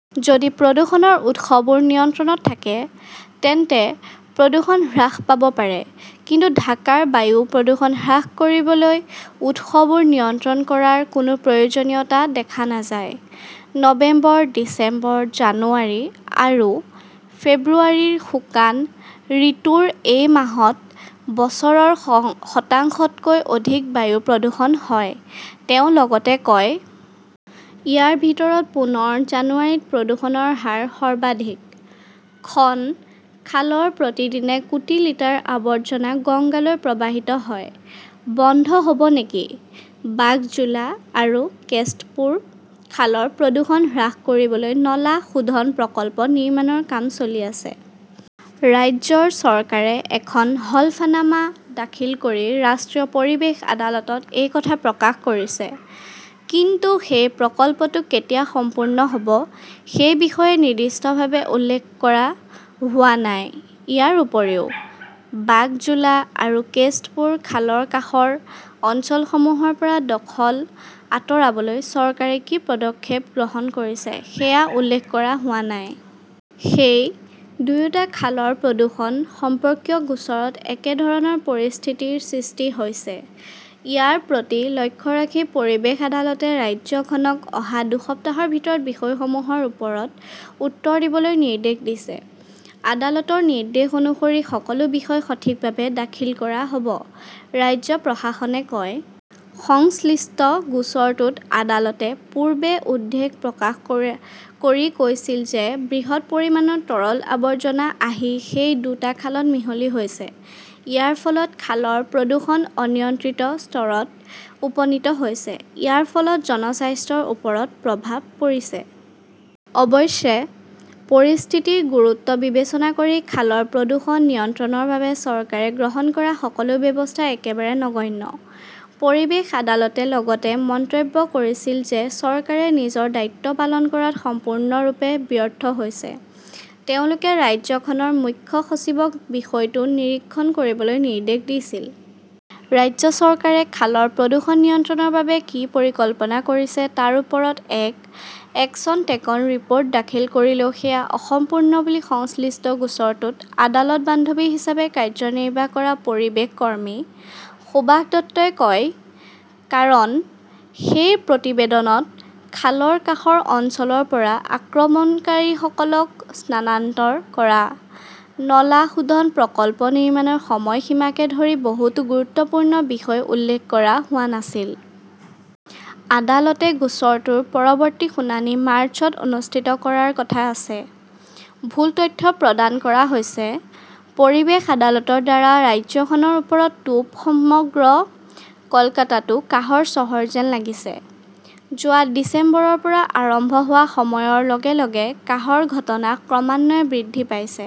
যদি প্ৰদূষণৰ উৎসবোৰ নিয়ন্ত্ৰণত থাকে, তেন্তে প্ৰদূষণ হ্ৰাস পাব পাৰে। কিন্তু ঢাকাৰ বায়ু প্ৰদূষণ হ্ৰাস কৰিবলৈ উৎসবোৰ নিয়ন্ত্ৰণ কৰাৰ কোনো প্ৰয়োজনীয়তা দেখা নাযায়। "নৱেম্বৰ, ডিচেম্বৰ, জানুৱাৰী আৰু ফেব্ৰুৱাৰী-শুকান ঋতুৰ এই মাহত বছৰৰ শতাংশতকৈ অধিক বায়ু প্ৰদূষণ হয়", তেওঁ লগতে কয়। ইয়াৰ ভিতৰত পুনৰ জানুৱাৰীত প্ৰদূষণৰ হাৰ সৰ্বাধিক। "। খন খালৰ প্ৰতিদিনে কোটি লিটাৰ আৱৰ্জনা গংগালৈ প্ৰৱাহিত হয়, বন্ধ হ 'ব নেকি বাগজোলা আৰু কেষ্টপুৰ খালৰ প্ৰদূষণ হ্ৰাস কৰিবলৈ নলা শোধন প্ৰকল্প নিৰ্মাণৰ কাম চলি আছে। ৰাজ্য চৰকাৰে এখন হলফনামা দাখিল কৰি ৰাষ্ট্ৰীয় পৰিৱেশ আদালতত এই কথা প্ৰকাশ কৰিছে। কিন্তু সেই প্ৰকল্পটো কেতিয়া সম্পূৰ্ণ হ "ব সেই বিষয়ে নিৰ্দিষ্টভাৱে উল্লেখ কৰা হোৱা নাই। ইয়াৰ উপৰিও, বাগজোলা আৰু কেষ্টপুৰ খালৰ কাষৰ অঞ্চলসমূহৰ পৰা দখল আঁতৰাবলৈ চৰকাৰে কি পদক্ষেপ গ্ৰহণ কৰিছে সেয়া উল্লেখ কৰা হোৱা নাই। সেই দুয়োটা খালৰ প্ৰদূষণ সম্পৰ্কীয় গোচৰত একে ধৰণৰ পৰিস্থিতিৰ সৃষ্টি হৈছে। ইয়াৰ প্ৰতি লক্ষ্য ৰাখি পৰিৱেশ আদালতে ৰাজ্যখনক অহা দুসপ্তাহৰ ভিতৰত বিষয়সমূহৰ ওপৰত উত্তৰ দিবলৈ নিৰ্দেশ দিছে। আদালতৰ নিৰ্দেশ অনুসৰি সকলো বিষয় সঠিকভাৱে দাখিল কৰা হ "ব", ৰাজ্য প্ৰশাসনে কয়। সংশ্লিষ্ট গোচৰটোত আদালতে পূৰ্বে উদ্বেগ প্ৰকাশ কৰি কৈছিল যে বৃহৎ পৰিমাণৰ তৰল আৱৰ্জনা আহি সেই দুটা খালত মিহলি হৈছে। ইয়াৰ ফলত খালৰ প্ৰদূষণ অনিয়ন্ত্ৰিত স্তৰত উপনীত হৈছে। ইয়াৰ ফলত জনস্বাস্থ্যৰ ওপৰত প্ৰভাৱ পৰিছে। অৱশ্যে, পৰিস্থিতিৰ গুৰুত্ব বিবেচনা কৰি খালৰ প্ৰদূষণ নিয়ন্ত্ৰণৰ বাবে চৰকাৰে গ্ৰহণ কৰা সকলো ব্যৱস্থা একেবাৰে নগণ্য। পৰিৱেশ আদালতে লগতে মন্তব্য কৰিছিল যে চৰকাৰে নিজৰ দায়িত্ব পালন কৰাত সম্পূৰ্ণৰূপে ব্যৰ্থ হৈছে। তেওঁলোকে ৰাজ্যখনৰ মুখ্য সচিবক বিষয়টো নিৰীক্ষণ কৰিবলৈ নিৰ্দেশ দিছিল। ৰাজ্য চৰকাৰে খালৰ প্ৰদূষণ নিয়ন্ত্ৰণৰ বাবে কি পৰিকল্পনা কৰিছে তাৰ ওপৰত এক 'একশ্যন টেকন ৰিপ "ৰ্ট" দাখিল কৰিলেও সেয়া অসম্পূৰ্ণ বুলি সংশ্লিষ্ট গোচৰটোত আদালত-বান্ধৱী হিচাপে কাৰ্যনিৰ্বাহ কৰা পৰিৱেশ কৰ্মী সুভাষ দত্তই কয়। কাৰণ, সেই প্ৰতিবেদনত খালৰ কাষৰ অঞ্চলৰ পৰা আক্ৰমণকাৰীসকলক স্থানান্তৰ কৰা, নলা শোধন প্ৰকল্প নিৰ্মাণৰ সময়সীমাকে ধৰি বহুতো গুৰুত্বপূৰ্ণ বিষয় উল্লেখ কৰা হোৱা নাছিল। আদালতে গোচৰটোৰ পৰৱৰ্তী শুনানি মাৰ্চত অনুষ্ঠিত কৰাৰ কথা আছে। ভুল তথ্য প্ৰদান কৰা হৈছে, পৰিৱেশ আদালতৰ দ্বাৰা ৰাজ্যখনৰ ওপৰত 'তোপ' সমগ্ৰ কলকাতাটো কাহৰ চহৰ যেন লাগিছে! যোৱা ডিচেম্বৰৰ পৰা আৰম্ভ হোৱা সময়ৰ লগে লগে কাহৰ ঘটনা ক্ৰমান্বয়ে বৃদ্ধি পাইছে।